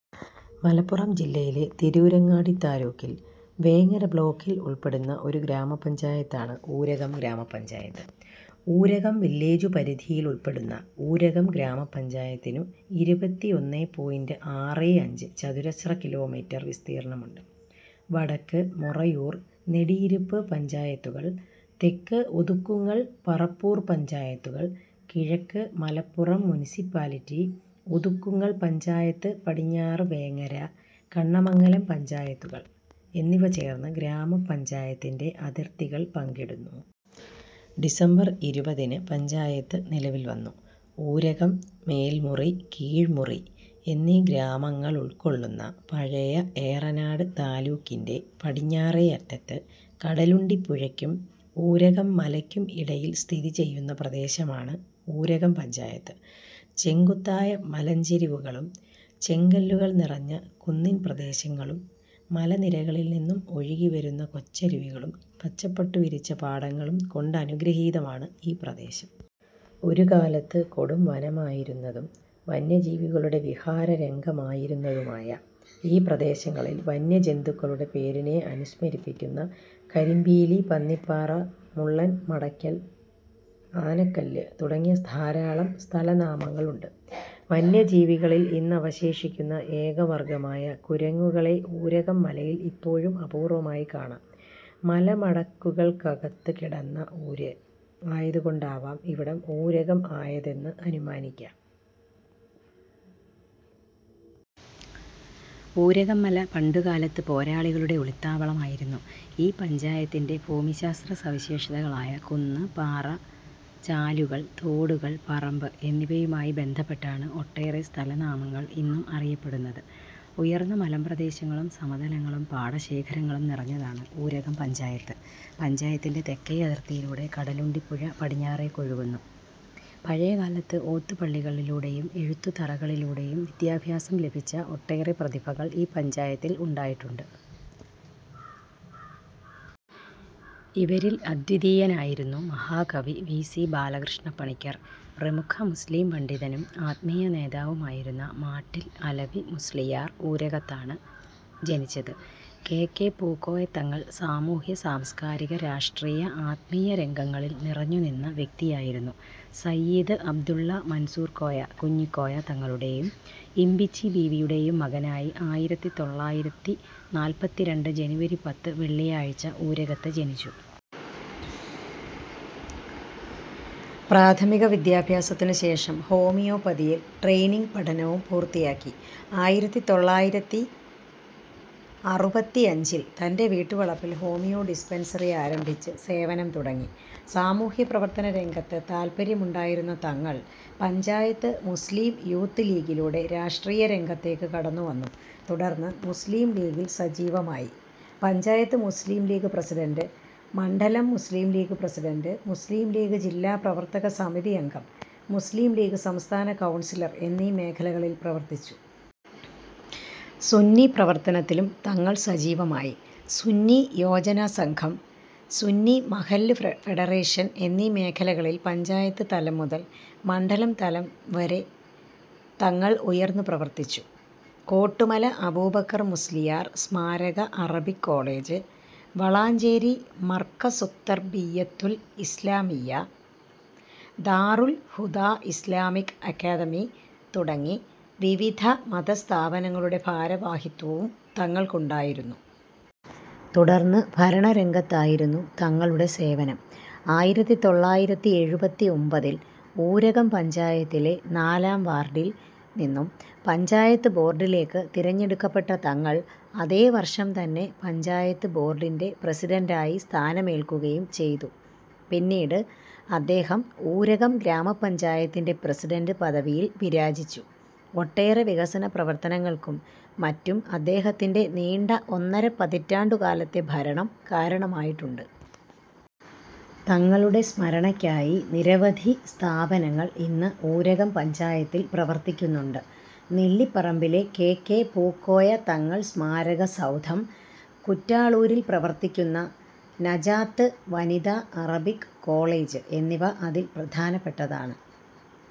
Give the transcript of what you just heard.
മലപ്പുറം ജില്ലയിലെ തിരൂരങ്ങാടി താലൂക്കിൽ വേങ്ങര ബ്ലോക്കിൽ ഉൾപ്പെടുന്ന ഒരു ഗ്രാമപഞ്ചായത്താണു ഊരകം ഗ്രാമപഞ്ചായത്ത്. ഊരകം വില്ലേജുപരിധിയിലുൾപ്പെടുന്ന ഊരകം ഗ്രാമപഞ്ചായത്തിനു ഇരുപത്തിഒന്നേ പോയിന്റ് ആറേ അഞ്ച് ചതുരശ്രകിലോമീറ്റർ വിസ്തീർണ്ണമുണ്ട്. വടക്ക് മൊറയൂർ, നെടിയിരുപ്പ് പഞ്ചായത്തുകൾ, തെക്ക് ഒതുക്കുങ്ങൾ, പറപ്പൂർ പഞ്ചായത്തുകൾ, കിഴക്ക് മലപ്പുറം മുനിസിപ്പാലിറ്റി, ഒതുക്കുങ്ങൾ പഞ്ചായത്ത് പടിഞ്ഞാറ് വേങ്ങര, കണ്ണമംഗലം പഞ്ചായത്തുകൾ എന്നിവ ചേർന്ന് ഗ്രാമ പഞ്ചായത്തിന്റെ അതിർത്തികൾ പങ്കിടുന്നു. ഡിസംബർ ഇരുപതിന് പഞ്ചായത്ത് നിലവിൽ വന്നു. ഊരകം, മേൽമുറി, കീഴ്മുറി എന്നീ ഗ്രാമങ്ങളുൾകൊള്ളുന്ന പഴയ ഏറനാട് താലൂക്കിന്റെ പടിഞ്ഞാറേയറ്റത്ത് കടലുണ്ടിപുഴയ്ക്കും ഊരകം മലയ്ക്കും ഇടയിൽ സ്ഥിതി ചെയ്യുന്ന പ്രദേശമാണ് ഊരകം പഞ്ചായത്ത്. ചെങ്കുത്തായ മലഞ്ചരിവുകളും, ചെങ്കല്ലുകൾ നിറഞ്ഞ കുന്നിൻപ്രദേശങ്ങളും, മലനിരകളിൽ നിന്നും ഒഴുകിവരുന്ന കൊച്ചരുവികളും, പച്ചപ്പട്ടു വിരിച്ച പാടങ്ങളും കൊണ്ടനുഗ്രഹീതമാണ് ഈ പ്രദേശം. ഒരുകാലത്ത് കൊടുംവനമായിരുന്നതും വന്യജീവികളുടെ വിഹാരരംഗമായിരുന്നതുമായ ഈ പ്രദേശങ്ങളിൽ വന്യജന്തുക്കളുടെ പേരിനെ അനുസ്മരിപ്പിക്കുന്ന കരിമ്പീലി, പന്നിപ്പാറ, മുള്ളൻ മടക്കൽ, ആനക്കല്ല് തുടങ്ങിയ ധാരാളം സ്ഥലനാമങ്ങളുണ്ട്. വന്യജീവികളിൽ ഇന്നവശേഷിക്കുന്ന ഏകവർഗ്ഗമായ കുരങ്ങുകളെ ഊരകം മലയിൽ ഇപ്പോഴും അപൂർവ്വമായി കാണാം. "മലമടക്കുകൾക്കകത്ത് കിടന്ന ഊര്" ആയതുകൊണ്ടാവാം ഇവിടം "ഊരകം" ആയതെന്ന് അനുമാനിക്കാം. ഊരകംമല പണ്ടുകാലത്ത് പോരാളികളുടെ ഒളിത്താവളമായിരുന്നു. ഈ പഞ്ചായത്തിന്റെ ഭൂമിശാസ്ത്രസവിശേഷതകളായ കുന്ന്, പാറ, ചാലുകൾ, തോടുകൾ, പറമ്പ് എന്നിവയുമായി ബന്ധപ്പെട്ടാണ് ഒട്ടേറെ സ്ഥലനാമങ്ങൾ ഇന്നും അറിയപ്പെടുന്നത്. ഉയർന്ന മലമ്പ്രദേശങ്ങളും, സമതലങ്ങളും, പാടശേഖരങ്ങളും നിറഞ്ഞതാണ് ഊരകം പഞ്ചായത്ത്. പഞ്ചായത്തിന്റെ തെക്കേയതിർത്തിയിലൂടെ കടലുണ്ടിപ്പുഴ പടിഞ്ഞാറേക്കൊഴുകുന്നു. പഴയ കാലത്ത് ഓത്തുപള്ളികളിലൂടെയും എഴുത്തുതറകളിലൂടെയും വിദ്യാഭ്യാസം ലഭിച്ച ഒട്ടേറെ പ്രതിഭകൾ ഈ പഞ്ചായത്തിൽ ഉണ്ടായിട്ടുണ്ട്. ഇവരിൽ അദ്വിതീയനായിരുന്നു മഹാകവി വി. സി. ബാലകൃഷ്ണപ്പണിക്കർ. പ്രമുഖ മുസ്ലീം പണ്ഡിതനും ആത്മീയനേതാവുമായിരുന്ന മാട്ടിൽ അലവി മുസ്ളിയാർ ഊരകത്താണ് ജനിച്ചത്. കെ. കെ. പൂകോയതങ്ങൾ സാമൂഹ്യ സാംസ്കാരിക രാഷ്ട്രീയ ആത്മീയ രംഗങ്ങളിൽ നിറഞ്ഞു നിന്ന വ്യക്തിയായിരുന്നു സയ്യിദ് അബ്ദുള്ള മൻസൂർക്കോയ കുഞ്ഞിക്കോയ തങ്ങളുടെയും ഇംബിച്ചിബീവിയുടെയും മകനായി ആയിരത്തിതൊള്ളായിരത്തിനാല്പത്തിരണ്ട്‍ ജനുവരി പത്ത് വെള്ളിയാഴ്ച ഊരകത്ത് ജനിച്ചു. പ്രാഥമിക വിദ്യഭ്യാസത്തിനുശേഷം ഹോമിയോ പതിയിൽ ട്രെയ്നിങ് പഠനവും പൂർത്തിയാക്കി. ആയിരത്തിത്തൊള്ളായിരത്തിഅറുപത്തിഅഞ്ചിൽ തന്റെ വീട്ടുവളപ്പിൽ ഹോമിയോ ഡിസ്പെൻസറി ആരംഭിച്ച് സേവനം തുടങ്ങി. സാമൂഹ്യപ്രവർത്തനരംഗത്ത് താൽപര്യമുണ്ടായിരുന്ന തങ്ങൾ പഞ്ചായത്ത് മുസ്ലിം യൂത്ത് ലീഗിലൂടെ രാഷ്ട്രീയ രംഗത്തേക്ക് കടന്നുവന്നു. തുടർന്ന് മുസ്ലിം ലീഗിൽ സജീവമായി. പഞ്ചായത്ത് മുസ്ലിം ലീഗ് പ്രസിഡണ്ട്, മണ്ഡലം മുസ്ലിം ലീഗ് പ്രസിഡണ്ട്, മുസ്ലിം ലീഗ് ജില്ലാ പ്രവർത്തക സമിതി അംഗം, മുസ്ലിം ലീഗ് സംസ്ഥാന കൗൺസിലർ എന്നീ മേഖലകളിൽ പ്രവർത്തിച്ചു. സുന്നി പ്രവർത്തനത്തിലും തങ്ങൾ സജീവമായി. സുന്നി യോജന സംഘം, സുന്നി മഹല്ല് ഫെഡറേഷൻ എന്നീ മേഖലകളിൽ പഞ്ചായത്ത് തലം മുതൽ മണ്ഡലം തലം വരെ തങ്ങൾ ഉയർന്ന് പ്രവർത്തിച്ചു. കോട്ടുമല അബൂബക്കർ മുസ്ലിയാർ സമാരക Arabic College, Valanchery Markazuttarbiyyathul Islamiyya, Darul Huda Islamic Academy തുടങ്ങി വിവിധ മതസ്ഥാപനങ്ങളുടെ ഭാരവാഹിത്വവും തങ്ങൾക്കുണ്ടായിരുന്നു. തുടർന്ന് ഭരണരംഗത്തായിരുന്നു തങ്ങളുടെ സേവനം. ആയിരത്തിതൊള്ളായിരത്തിഎഴുത്തിഒമ്പതിൽ ഊരകം പഞ്ചായത്തിലെ നാലാം വാർഡിൽ നിന്നും പഞ്ചായത്ത് ബോർഡിലേക്ക് തിരഞ്ഞെടുക്കപ്പെട്ട തങ്ങൾ അതേ വർഷം തന്നെ പഞ്ചായത്ത് ബോർഡിന്റെ പ്രസിഡണ്ടായി സ്ഥാനമേൽക്കുകയും ചെയ്തു. പിന്നീട് അദ്ദേഹം ഊരകം ഗ്രാമ പഞ്ചായത്തിന്റെ പ്രസിഡണ്ട് പദവിയിൽ വിരാജിച്ചു. ഒട്ടേറെ വികസന പ്രവർത്തനങ്ങൾക്കും മറ്റും അദ്ദേഹത്തിന്റെ നീണ്ട ഒന്നരപതിറ്റാണ്ടുകാലത്തെ ഭരണം കാരണമായിട്ടുണ്ട്. തങ്ങളുടെ സ്മരണക്കായി നിരവധി സ്ഥാപനങ്ങൾ ഇന്ന് ഊരകം പഞ്ചായത്തിൽ പ്രവർത്തിക്കുന്നുണ്ട്. നെല്ലിപ്പറമ്പിലെ കെ. കെ. പൂക്കോയ തങ്ങൾ സ്മാരക സൗധം, കുറ്റാളൂരിൽ പ്രവർത്തിക്കുന്ന നജാത്ത് വനിത അറബിക് കോളേജ് എന്നിവ അതിൽ പ്രധാനപ്പെട്ടതാണ്.